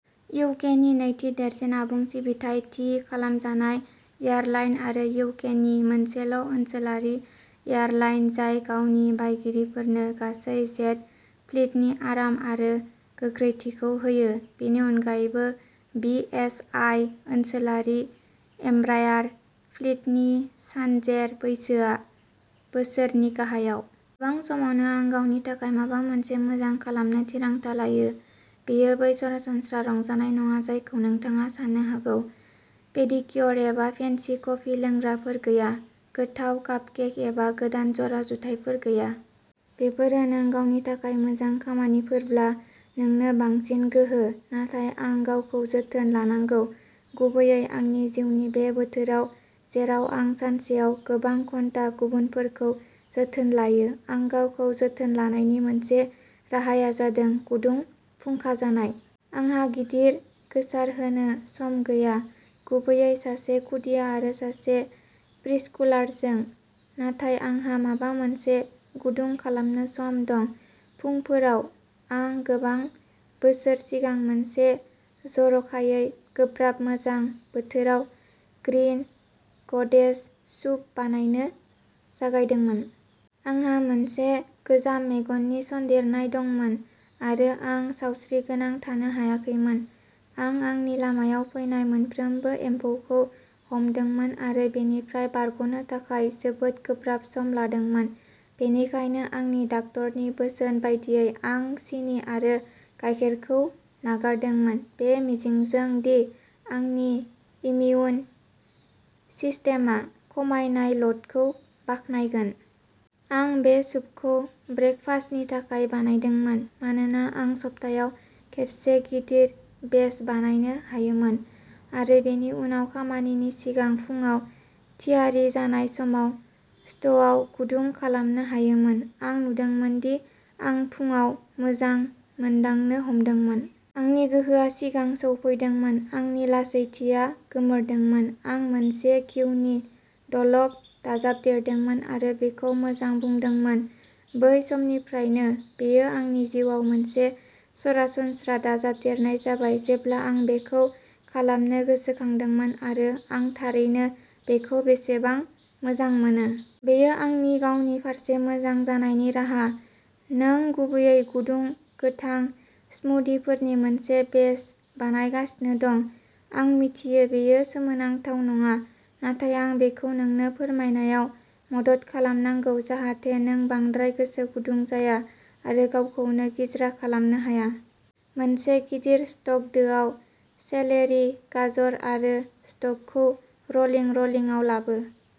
U. K. नि नैथि देरसिन आबुं सिबिथाइ थि खालामजानाय एयारलाइन आरो इउ. के. नि मोनसेल'ओनसोलारि एयारलाइन जाय गावनि बायगिरिफोरनो गासै जेट फ्लीटनि आराम आरो गोख्रैथिखौ होयो। बेनि अनगायैबो, बि. एम. आइ. ओनसोलारि एम्ब्रायार फ्लीटनि सानजेर बैसोआ बोसोरनि गाहायाव। गोबां समावनो, आं गावनि थाखाय माबा मोनसे मोजां खालामनो थिरांथा लायो। बेयो बै सरासनस्रा रंजानाय नङा जायखौ नोंथाङा सानो हागौ। पेडिक्य'र एबा फेन्सि कफि लोंग्राफोर गैया। गोथाव कापकेक एबा गोदान जरा जुथाफोर गैया। बेफोरो नों गावनि थाखाय मोजां खामानिफोरब्ला, नोंनो बांसिन गोहो। नाथाय आं गावखौ जोथोन लानांगौ, गुबैयै आंनि जिउनि बे बोथोराव जेराव आं सानसेयाव गोबां घन्टा गुबुनफोरखौ जोथोन लायो। आं गावखौ जोथोन लानायनि मोनसे राहाया जादों गुदुं फुंखाजानाय। आंहा गिदिर गोसारहोनो सम गैया, गुबैयै सासे खुदिया आरो सासे प्रिस्कुलारजों। नाथाय आंहा माबा मोनसे गुदुं खालामनो सम दं। फुंफोराव। आं गोबां बोसोर सिगां मोनसे जर'खायै गोब्राब गोजां बोथोराव ग्रीन ग'देज सुप बानायनो जागायदोंमोन। आंहा मोनसे गोजाम मेगननि सन्देरनाय दंमोन आरो आं सावस्रिगोनां थानो हायाखैमोन। आं आंनि लामायाव फैनाय मोनफ्रोमबो एम्फौखौ हमदोंमोन आरो बेनिफ्राय बारग'नो थाखाय जोबोद गोब्राब सम लादोंमोन। बेनिखायनो, आंनि डाक्टारनि बोसोन बायदियै, आं सिनि आरो गायखेरखौ नागारदोंमोन बे मिजिंजों दि आंनि इमिउन सिस्टेमआ खमायनाय ल'डखौ बाख्नायगोन। आं बे सुपखौ ब्रेकफास्टनि थाखाय बानायदोंमोन मानोना आं सप्तायाव खेबसे गिदिर बेच बानायनो हायोमोन आरो बेनि उनाव खामानिनि सिगां फुंआव थियारि जानाय समाव स्ट'वआव गुदुं खालामनो हायोमोन। आं नुदोंमोन दि आं फुंआव मोजां मोनदांनो हमदोंमोन। आंनि गोहोआ सिगां सौफैदोंमोन, आंनि लासैथिया गोमोरदोंमोन। आं मोनसे घिउनि द'ल'प दाजाबदेरदोंमोन आरो बेखौ मोजां बुंदोंमोन। बै समनिफ्रायनो, बेयो आंनि जिउआव मोनसे सरासनस्रा दाजाबदेरनाय जाबाय जेब्ला आं बेखौ खालामनो गोसोखांदोंमोन आरो आं थारैनो बेखौ बेसेबां मोजां मोनो। बेयो आंनि गावनि फारसे मोजां जानायनि राहा। नों गुबैयै गुदुं, गोथां स्मूदिफोरनि मोनसे बेच बानायगासिनो दं। आं मिथियो, बेयो सोमोनांथाव नङा, नाथाय आं बेखौ नोंनो फोरमायनायाव मदद खालामनांगौ जाहाथे नों बांद्राय गोसो गुदुं जाया आरो गावखौनो गिज्रा खालामनो हाया। मोनसे गिदिर स्टक दोआव, सेलेरि, गाजर आरो स्टकखौ र'लिं र'लिंआव लाबो।